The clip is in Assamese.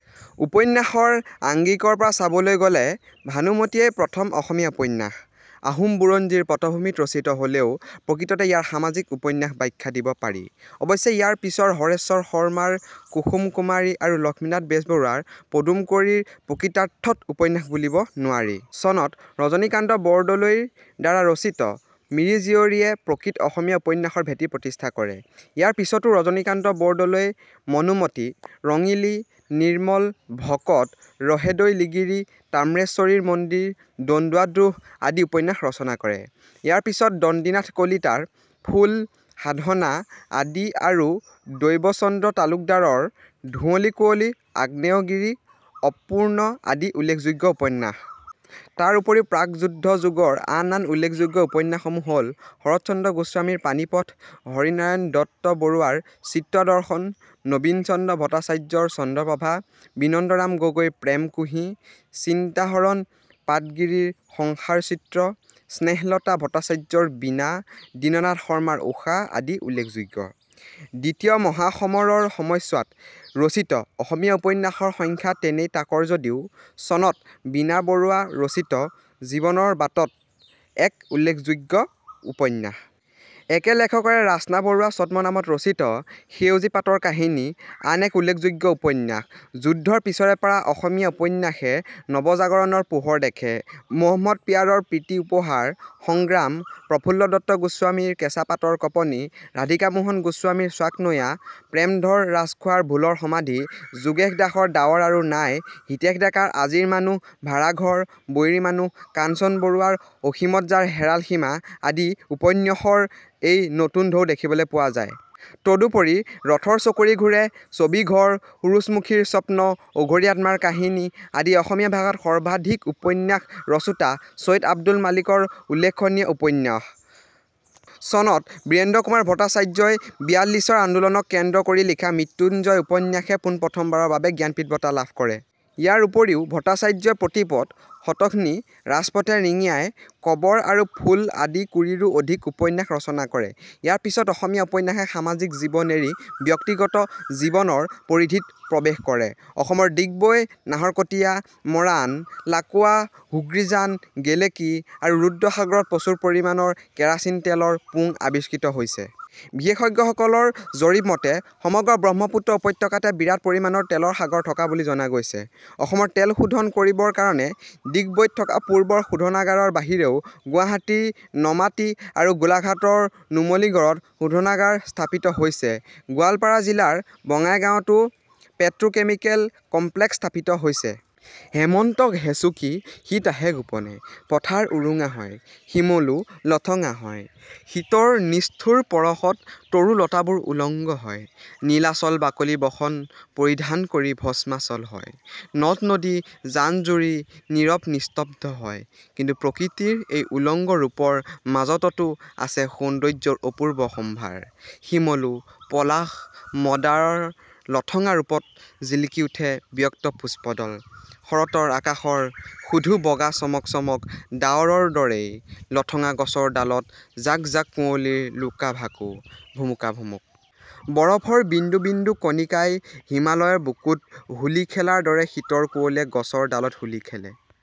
উপন্যাসৰ আঙ্গিকৰ পৰা চাবলৈ গ'লে ভানুমতীয়েই প্ৰথম অসমীয়া উপন্যাস। আহোম বুৰঞ্জীৰ পটভূমিত ৰচিত হ'লেও প্ৰকৃততে ইয়াক সামাজিক উপন্যাস আখ্যা দিব পাৰি। অৱশ্যে ইয়াৰ পিছৰ হৰেশ্বৰ শৰ্মাৰ কুসুম কুমাৰী আৰু লক্ষ্মীনাথ বেজবৰুৱা ৰ পদুম কুৱৰী প্ৰকৃতাৰ্থত উপন্যাস বুলিব নোৱাৰি। চনত ৰজনীকান্ত বৰদলৈ ৰ দ্বাৰা ৰচিত 'মিৰি জীয়ৰী'য়ে প্ৰকৃত অসমীয়া উপন্যাসৰ ভেটি প্ৰতিষ্ঠা কৰে। ইয়াৰ পিছতো ৰজনীকান্ত বৰদলৈয়ে মনোমতী ,ৰঙিলী, নিৰ্মল ভকত, ৰহেদৈ লিগিৰী, তাম্ৰেশ্বৰীৰ মন্দিৰ, দন্দুৱা দ্ৰোহ আদি উপন্যাস ৰচনা কৰে। ইয়াৰ পিছত দণ্ডিনাথ কলিতাৰ ফুল, সাধনা আদি আৰু দৈৱচন্দ্ৰ তালুকদাৰৰ ধুৱঁলী-কুৱঁলী, আগ্নেয়গিৰি, অপূৰ্ণ আদি উল্লেখযোগ্য উপন্যাস। তাৰ উপৰিও প্ৰাকযুদ্ধ যুগৰ আন আন উল্লেখ্যোগ্য উপন্যাসসমূহ হ'ল-শৰত্চন্দ্ৰ গোস্বামীৰ পানিপথ, হৰিনাৰায়ণ দত্তবৰুৱাৰ চিত্ৰ দৰ্শন, নবীনচন্দ্ৰ ভট্টাচাৰ্যৰ চন্দ্ৰপ্ৰভা, বিনন্দৰাম গগৈৰ প্ৰেম কুহি, চিন্তাহৰন পাটগিৰিৰ সংসাৰ চিত্ৰ, স্নেহলতা ভট্টাচাৰ্যৰ বীণা, দীননাথ শৰ্মাৰ ঊষা আদি উল্লেখযোগ্য। দ্বিতীয় মহাসমৰৰ সময়ছোৱাত ৰচিত অসমীয়া উপন্যাসৰ সংখ্যা তেনেই তাকৰ যদিও চনত বীণা বৰুৱা ৰচিত 'জীৱনৰ বাটত' এক উল্লেখযোগ্য উপন্যাস। একে লেখকৰে ৰাস্না বৰুৱা ছদ্মনামত ৰচিত 'সেউজী পাতৰ কাহিনী' আন এক উল্লেখ্যোগ্য উপন্যাস। যুদ্ধৰ পিছৰেপৰা অসমীয়া উপন্যাসে নৱজাগৰণৰ পোহৰ দেখে। মহম্মদ পিয়াৰৰ 'প্ৰীতি-উপহাৰ', 'সংগ্ৰাম', প্ৰফুল্লদত্ত গোস্বামীৰ 'কেঁচা পাতৰ কঁপনি', ৰাধিকামোহন গোস্বামীৰ 'চাকনৈয়া', প্ৰেমধৰ ৰাজখোৱাৰ 'ভুলৰ সমাধি', যোগেশ দাসৰ 'ডাৱৰ আৰু নাই', হিতেশ ডেকাৰ আজিৰ মানুহ, ভাড়াঘৰ, বৈৰী মানুহ, কাঞ্চন বৰুৱাৰ অসীমত যাৰ হেৰাল সীমা আদি উপন্য্যসৰ এই নতুন ঢৌ দেখিবলৈ পোৱা যায়। তদুপৰি ৰথৰ চকৰি ঘূৰে, ছবিঘৰ, সূৰুযমুখীৰ স্বপ্ন, অঘৰী আত্মাৰ কাহিনী আদি অসমীয়া ভাষাত সৰ্বাধিক উপন্যাস ৰচোঁতা চৈয়দ আব্দুল মালিক ৰ উল্লেখনীয় উপন্যাস। চনত বীৰেন্দ্ৰ কুমাৰ ভট্টাচাৰ্য ই বিয়াল্লিছৰ আন্দোলনক কেন্দ্ৰ কৰি লিখা 'মৃতুঞ্জয়' উপন্যাসে পোন-প্ৰথমবাৰৰ বাবে জ্ঞানপীঠ বঁটা লাভ কৰে। ইয়াৰ উপৰিও ভট্টাচাৰ্যই প্ৰতিপদ, শতঘ্নী, ৰাজপথে ৰিঙিয়াই, কবৰ আৰু ফুল আদি কুৰিৰো অধিক উপন্যাস ৰচনা কৰে। ইয়াৰ পিছত অসমীয়া উপন্যাসে সামাজিক জীৱন এৰি ব্যক্তিগত জীৱনৰ পৰিধিত প্ৰৱেশ কৰে। অসমৰ ডিগবৈ, নাহৰকটীয়া, মৰাণ, লাকুৱা, হুগ্ৰীজান, গেলেকী আৰু ৰুদ্ৰসাগৰত প্ৰচুৰ পৰিমাণৰ কেৰাচিন তেলৰ পুং আবিষ্কৃত হৈছে। বিশেষজ্ঞসকলৰ জৰীপ মতে সমগ্ৰ ব্ৰহ্মপুত্ৰ উপত্যকাতে বিৰাট পৰিমাণৰ তেলৰ সাগৰ থকা বুলি জনা গৈছে। অসমৰ তেল শােধন কৰিবৰ কাৰণে ডিগবৈত থকা পূৰ্বৰ শোধনাগাৰৰ বাহিৰেও গুৱাহাটীৰ নমাটি আৰু গােলাঘাটৰ নুমলিগড়ত শােধনাগাৰ স্থাপিত হৈছে গােৱালপাৰা জিলাৰ বঙাইগাঁৱতাে পেট্ৰোকেমিকেল কমপ্লেক্স স্থাপিত হৈছে। হেমন্তক হেঁচুকি শীত আহে গােপনে। পথাৰ উৰুঙা হয়, শিমলু লঠঙা হয়। শীতৰ নিষ্ঠুৰ পৰশত তৰু লতাবােৰ উলংগ হয়; নীলাচল বাকলি বসন পৰিধান কৰি ভস্মাচল হয়; নদ-নদী জান-জুৰি নীৰৱ নিস্তব্ধ হয়; কিন্তু প্ৰকৃতিৰ এই উলংগ ৰূপৰ মাজততা আছে সৌন্দৰ্যৰ অপূৰ্ব সম্ভাৰ; শিমলু, পলাশ, মদাৰৰ লঠঙা ৰূপত জিলিকে বক্ত পুষ্পদল; শৰতৰ আকাশৰ শুধূ বগা চমক চমক ডাৱৰৰ দৰেই, লঠঙা গছৰ ডালত জাক জাক কুঁৱলীৰ লুকা-ভাকু, ভুমুকা-ভুমুক। বৰফৰ বিন্দু বিন্দু কণিকাই হিমালয়ৰ বুকুত হােলী খেলাৰ দৰেই শীতৰ কুঁৱলীয়ে গছৰ ডালত হােলী খেলে।